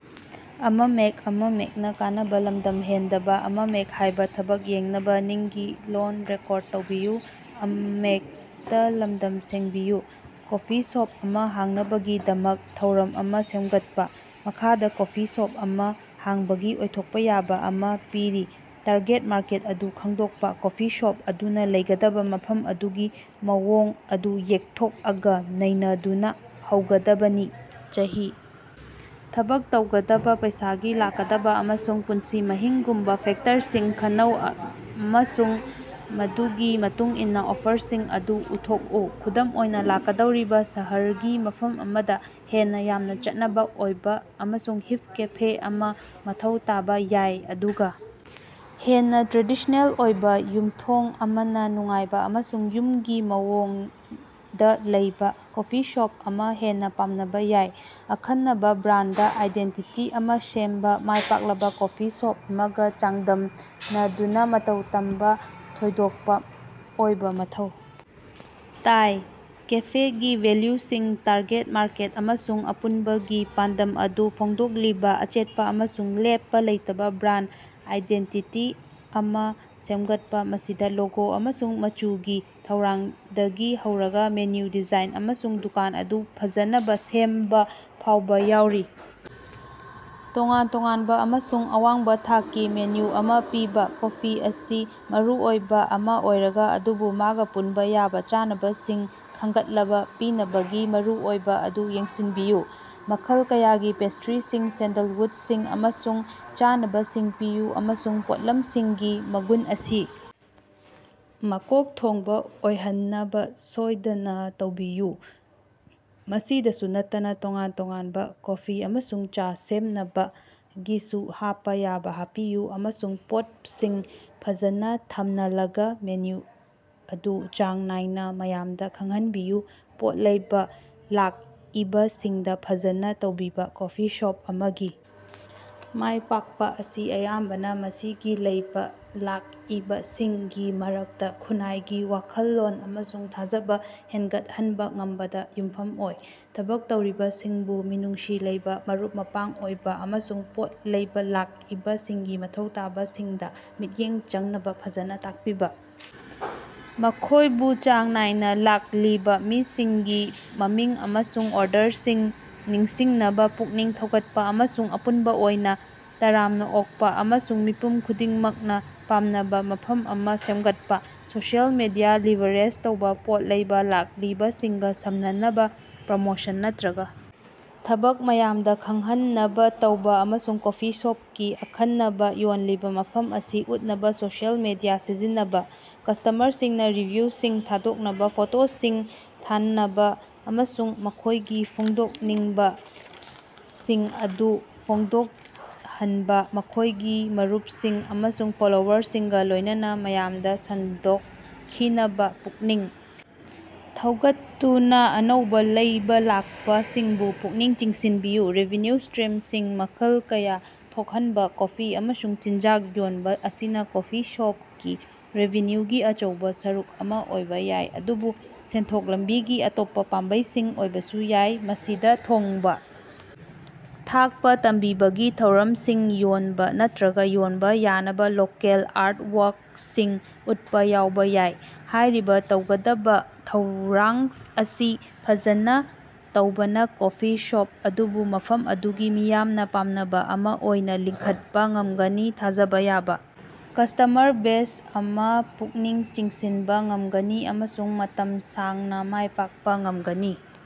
Coffee shop ꯑꯃ ꯍꯥꯡꯅꯕꯒꯤꯗꯃꯛ ꯊꯧꯔꯝ ꯑꯃ ꯁꯦꯝꯒꯠꯄ꯫ ꯃꯈꯥꯗ ꯀꯣꯐꯤ ꯁꯣꯞ ꯑꯃ ꯍꯥꯡꯕꯒꯤ ꯑꯣꯏꯊꯣꯛꯄꯥ ꯌꯥꯕ ꯑꯃ ꯄꯤꯔꯤ ꯇꯥꯔꯒꯦꯠ ꯃꯥꯔꯀꯦꯠ ꯑꯗꯨ ꯈꯪꯗꯣꯛꯄ ꯀꯣꯐꯤ ꯁꯣꯞ ꯑꯗꯨꯅ ꯂꯩꯒꯗꯕ ꯃꯐꯝ ꯑꯗꯨꯒꯤ ꯃꯑꯣꯡ ꯑꯗꯨ ꯌꯦꯛꯊꯣꯛꯑꯒ ꯅꯩꯅꯗꯨꯅ ꯍꯧꯒꯗꯕꯅꯤ꯫ ꯆꯍꯤ, ꯊꯕꯛ ꯇꯧꯒꯗꯕ, ꯄꯩꯁꯥꯒꯤ ꯂꯥꯛꯀꯗꯕ ꯑꯃꯁꯨꯡ ꯄꯨꯟꯁꯤ ꯃꯍꯤꯡꯒꯨꯝꯕꯥ ꯐꯦꯛꯇꯔꯁꯤꯡ ꯈꯟꯅꯧ ꯑꯃꯁꯨꯡ ꯃꯗꯨꯒꯤ ꯃꯇꯨꯡꯏꯟꯅ ꯑꯣꯐꯔꯁꯤꯡ ꯑꯗꯨ ꯎꯠꯊꯣꯛꯎ꯫ ꯈꯨꯗꯝ ꯑꯣꯏꯅ ꯂꯥꯛꯀꯗꯧꯔꯤꯕꯥ ꯁꯍꯔꯒꯤ ꯃꯐꯝ ꯑꯃꯗ ꯍꯦꯟꯅ ꯌꯥꯝꯅ ꯆꯠꯅꯕ ꯑꯣꯏꯕ ꯑꯃꯁꯨꯡ ꯍꯤꯞ ꯀꯦꯐꯦ ꯑꯃ ꯃꯊꯧ ꯇꯥꯕ ꯌꯥꯏ ꯑꯗꯨꯒ ꯍꯦꯟꯅ ꯇ꯭ꯔꯦꯗꯤꯁꯅꯦꯜ ꯑꯣꯏꯕ ꯌꯨꯝ ꯊꯣꯡ ꯑꯃꯅ ꯅꯨꯡꯉꯥꯏꯕ ꯑꯃꯁꯨꯡ ꯌꯨꯝꯒꯤ ꯃꯑꯣꯡꯗ ꯂꯩꯕꯥ ꯀꯣꯐꯤ ꯁꯣꯞ ꯑꯃ ꯍꯦꯟꯅ ꯄꯥꯝꯅꯕ ꯌꯥꯏ꯫ ꯑꯈꯟꯅꯕ ꯕ꯭ꯔꯥꯟꯗ ꯑꯥꯏꯗꯦꯟꯇꯤꯇꯤ ꯑꯃꯥ ꯁꯦꯝꯕ ꯃꯥꯢ ꯄꯥꯛꯂꯕ ꯀꯣꯐꯤ ꯁꯣꯞ ꯑꯃꯒ ꯆꯥꯡꯗꯝꯅꯗꯨꯅ ꯃꯇꯧ ꯇꯝꯕ ꯊꯣꯏꯗꯣꯛꯄ ꯑꯣꯏꯕꯥ ꯃꯊꯧ ꯇꯥꯏ꯫ ꯀꯦꯐꯦꯒꯤ ꯚꯦꯜꯌꯨꯁꯤꯡ ꯇꯥꯔꯒꯦꯠ ꯃꯥꯔꯀꯦꯠ ꯑꯃꯁꯨꯡ ꯑꯄꯨꯟꯕꯒꯤ ꯄꯥꯟꯗꯝ ꯑꯗꯨ ꯐꯣꯡꯗꯣꯛꯂꯤꯕ ꯑꯆꯦꯠꯄ ꯑꯃꯁꯨꯡ ꯂꯦꯞꯄ ꯂꯩꯇꯕ ꯕ꯭ꯔꯥꯟꯗ ꯑꯥꯏꯗꯦꯟꯇꯤꯇꯤ ꯑꯃ ꯁꯦꯝꯒꯠꯄ꯫ ꯃꯁꯤꯗꯥ ꯂꯣꯒꯣ ꯑꯃꯁꯨꯡ ꯃꯆꯨꯒꯤ ꯊꯧꯔꯥꯡꯗꯒꯤ ꯍꯧꯔꯒꯥ ꯃꯦꯅꯨ ꯗꯤꯖꯥꯏꯟ ꯑꯃꯁꯨꯡ ꯗꯨꯀꯥꯟ ꯑꯗꯨ ꯐꯖꯅꯕ ꯁꯦꯝꯕ ꯐꯥꯎꯕ ꯌꯥꯎꯔꯤ꯫ ꯇꯣꯉꯥꯟ ꯇꯣꯉꯥꯟꯕ ꯑꯃꯁꯨꯡ ꯑꯋꯥꯡꯕ ꯊꯥꯛꯀꯤ ꯃꯦꯅꯨ ꯑꯃ ꯄꯤꯕꯥ꯫ ꯀꯣꯐꯤ ꯑꯁꯤ ꯃꯔꯨꯑꯣꯏꯕ ꯑꯃ ꯑꯣꯏꯔꯒ ꯑꯗꯨꯕꯨ ꯃꯥꯒ ꯄꯨꯟꯕ ꯌꯥꯕ ꯆꯥꯅꯕꯁꯤꯡ ꯈꯅꯒꯠꯂꯕ ꯄꯤꯅꯕꯒꯤ ꯃꯔꯨꯑꯣꯏꯕꯥ ꯑꯗꯨ ꯌꯦꯡꯁꯤꯟꯕꯤꯎ꯫ ꯃꯈꯜ ꯀꯌꯥꯒꯤ ꯄꯦꯁꯇ꯭ꯔꯤꯁꯤꯡ, ꯁꯦꯟꯗꯜꯋꯨꯗꯁꯤꯡ ꯑꯃꯁꯨꯡ ꯆꯥꯅꯕꯁꯤꯡ ꯄꯤꯌꯨ ꯑꯃꯁꯨꯡ ꯄꯣꯠꯂꯝꯁꯤꯡꯒꯤ ꯃꯒꯨꯟ ꯑꯁꯤ ꯃꯀꯣꯛ ꯊꯣꯡꯕꯥ ꯑꯣꯏꯍꯟꯅꯕ ꯁꯣꯏꯗꯅꯥ ꯇꯧꯕꯤꯌꯨ꯫ ꯃꯁꯤꯗꯁꯨ ꯅꯠꯇꯅꯥ ꯇꯣꯉꯥꯟ-ꯇꯣꯉꯥꯟꯕꯥ ꯀꯣꯐꯤ ꯑꯃꯁꯨꯡ ꯆꯥ ꯁꯦꯝꯅꯕꯁꯤꯡꯒꯤꯁꯨ ꯍꯥꯞꯄ ꯌꯥꯕ ꯍꯥꯞꯄꯤꯎ ꯑꯃꯁꯨꯡ ꯄꯣꯠꯁꯤꯡ ꯐꯖꯅ ꯊꯝꯅꯂꯒ ꯃꯦꯅꯨ ꯑꯗꯨ ꯆꯥꯡ ꯅꯥꯏꯅ ꯃꯌꯥꯝꯗ ꯈꯪꯍꯟꯕꯤꯌꯨ꯫ ꯄꯣꯠ ꯂꯩꯕ ꯂꯥꯛꯏꯕꯁꯤꯡꯗ ꯐꯖꯅ ꯇꯧꯕꯤꯕ ꯀꯣꯐꯤ ꯁꯣꯞ ꯑꯃꯒꯤ ꯃꯥꯢ ꯄꯥꯛꯄ ꯑꯁꯤ ꯑꯌꯥꯝꯕꯅ ꯃꯁꯤꯒꯤ ꯂꯩꯕ ꯂꯥꯛꯏꯕꯁꯤꯡꯒꯤ ꯃꯔꯛꯇ ꯈꯨꯟꯅꯥꯏꯒꯤ ꯋꯥꯈꯜꯂꯣꯟ ꯑꯃꯁꯨꯡ ꯊꯥꯖꯕꯥ ꯍꯦꯟꯒꯠꯍꯟꯕ ꯉꯝꯕꯗ ꯌꯨꯝꯐꯝ ꯑꯣꯏ꯫ ꯊꯕꯛ ꯇꯧꯔꯤꯕꯁꯤꯡꯕꯨ ꯃꯤꯅꯨꯡꯁꯤ ꯂꯩꯕꯥ ꯃꯔꯨꯞ-ꯃꯄꯥꯡ ꯑꯣꯏꯕ ꯑꯃꯁꯨꯡ ꯄꯣꯠ ꯂꯩꯕ ꯂꯥꯛꯏꯕꯁꯤꯡꯒꯤ ꯃꯊꯧ ꯇꯥꯕꯁꯤꯡꯗ ꯃꯤꯠꯌꯦꯡ ꯆꯪꯅꯕ ꯐꯖꯅ ꯇꯥꯛꯄꯤꯕ ꯫ ꯃꯈꯣꯢꯕꯨ ꯆꯥꯡ ꯅꯥꯢꯅ ꯂꯥꯛꯂꯤꯕ ꯃꯤꯁꯤꯡꯒꯤ ꯃꯃꯤꯡ ꯑꯃꯁꯨꯡ ꯑꯣꯔꯗꯔꯁꯤꯡ ꯅꯤꯡꯁꯤꯡꯅꯕ ꯄꯨꯛꯅꯤꯡ ꯊꯧꯒꯠꯄ ꯑꯃꯁꯨꯡ ꯑꯄꯨꯟꯕ ꯑꯣꯏꯅ ꯇꯔꯥꯝꯅ ꯑꯣꯛꯄ ꯑꯃꯁꯨꯡ ꯃꯤꯄꯨꯝ ꯈꯨꯗꯤꯡꯃꯛꯅ ꯄꯥꯝꯅꯕ ꯃꯐꯝ ꯑꯃ ꯁꯦꯝꯒꯠꯄꯥ꯫ ꯁꯣꯁꯤꯑꯦꯜ ꯃꯤꯗꯤꯌꯥ ꯂꯤꯚꯔꯔꯦꯖ ꯇꯧꯕꯥ ꯄꯣꯠ ꯂꯩꯕ ꯂꯥꯛꯂꯤꯕꯁꯤꯡꯒ ꯁꯝꯅꯅꯕ ꯄ꯭ꯔꯃꯣꯁꯟ ꯅꯠꯇ꯭ꯔꯒ ꯊꯕꯛ ꯃꯌꯥꯝꯗ ꯈꯪꯍꯟꯅꯕ ꯇꯧꯕ ꯑꯃꯁꯨꯡ ꯀꯣꯐꯤ ꯁꯣꯞꯀꯤ ꯑꯈꯟꯅꯕ ꯌꯣꯟꯂꯤꯕ ꯃꯐꯝ ꯑꯁꯤ ꯎꯠꯅꯕ ꯁꯣꯁꯤꯑꯦꯜ ꯃꯤꯗꯤꯌꯥ ꯁꯤꯖꯤꯟꯅꯕꯥ꯫ ꯀꯁꯇꯃꯔꯁꯤꯡꯅꯥ ꯔꯤꯚꯤꯌꯨꯁꯤꯡ ꯊꯥꯗꯣꯛꯅꯕ ꯐꯣꯇꯣꯁꯤꯡ ꯊꯥꯅꯕ ꯑꯃꯁꯨꯡ ꯃꯈꯣꯢꯒꯤ ꯐꯣꯡꯗꯣꯛꯅꯤꯡꯕꯁꯤꯡ ꯑꯗꯨ ꯐꯣꯡꯗꯣꯛꯍꯟꯕ ꯃꯈꯣꯢꯒꯤ ꯃꯔꯨꯞꯁꯤꯡ ꯑꯃꯁꯨꯡ ꯐꯣꯂꯣꯋꯔꯁꯤꯡꯒ ꯂꯣꯢꯅꯅ ꯃꯌꯥꯝꯗ ꯁꯟꯗꯣꯛꯈꯤꯅꯕ ꯄꯨꯛꯅꯤꯡ ꯊꯧꯒꯠꯇꯨꯅ ꯑꯅꯧꯕ ꯂꯩꯕ ꯂꯥꯛꯄꯁꯤꯡꯕꯨ ꯄꯨꯛꯅꯤꯡ ꯆꯤꯡꯁꯤꯟꯕꯤꯌꯨ꯫ ꯔꯦꯚꯤꯟꯌꯨ ꯁꯇ꯭ꯔꯤꯝꯁꯤꯡ ꯃꯈꯜ ꯀꯌꯥ ꯊꯣꯛꯍꯟꯕ ꯀꯣꯐꯤ ꯑꯃꯁꯨꯡ ꯆꯤꯟꯖꯥꯛ ꯌꯣꯟꯕ ꯑꯁꯤꯅ ꯀꯣꯐꯤ ꯁꯣꯞꯀꯤ ꯔꯦꯚꯤꯟꯌꯨꯒꯤ ꯑꯆꯧꯕꯥ ꯁꯔꯨꯛ ꯑꯃ ꯑꯣꯏꯕ ꯌꯥꯏ ꯑꯗꯨꯕꯨ ꯁꯦꯟꯊꯣꯛ ꯂꯝꯕꯤꯒꯤ ꯑꯇꯣꯞꯄ ꯄꯥꯝꯕꯩꯁꯤꯡ ꯑꯣꯢꯕꯁꯨ ꯌꯥꯢ꯫ ꯃꯁꯤꯗꯥ ꯊꯣꯡꯕ ꯊꯥꯛꯄ ꯇꯝꯕꯤꯕꯒꯤꯊꯧꯔꯝꯁꯤꯡ ꯄꯥꯡꯊꯣꯛꯄ ꯕ꯭ꯔꯥꯟꯗ ꯃꯥꯔꯆꯦꯟꯗꯥꯏꯖꯁꯤꯡ ꯌꯣꯟꯕ ꯅꯠꯇ꯭ꯔꯒ ꯌꯣꯟꯕ ꯌꯥꯅꯕ ꯂꯣꯀꯦꯜ ꯑꯥꯔꯇꯋꯥꯔ꯭ꯀꯁꯤꯡ ꯎꯠꯄ ꯌꯥꯎꯕ ꯌꯥꯏ꯫ ꯍꯥꯏꯔꯤꯕ ꯇꯧꯒꯗꯕ ꯊꯧꯔꯥꯡ ꯑꯁꯤ ꯐꯖꯅ ꯇꯧꯕꯅ ꯀꯣꯐꯤ ꯁꯣꯞ ꯑꯗꯨꯕꯨ ꯃꯐꯝ ꯑꯗꯨꯒꯤ ꯃꯤꯌꯥꯝꯅ ꯄꯥꯝꯅꯕ ꯑꯃ ꯑꯣꯏꯅ ꯂꯤꯡꯈꯠꯄ ꯉꯃꯒꯅꯤ ꯊꯥꯖꯕ ꯌꯥꯕ ꯀꯁꯇꯃꯔ ꯕꯦꯖ ꯑꯃ ꯄꯨꯛꯅꯤꯡ ꯆꯤꯡꯁꯤꯟꯕ ꯉꯝꯒꯅꯤ ꯑꯃꯁꯨꯡ ꯃꯇꯝ ꯁꯥꯡꯅ ꯃꯥꯢ ꯄꯥꯛꯄ ꯉꯝꯒꯅꯤ꯫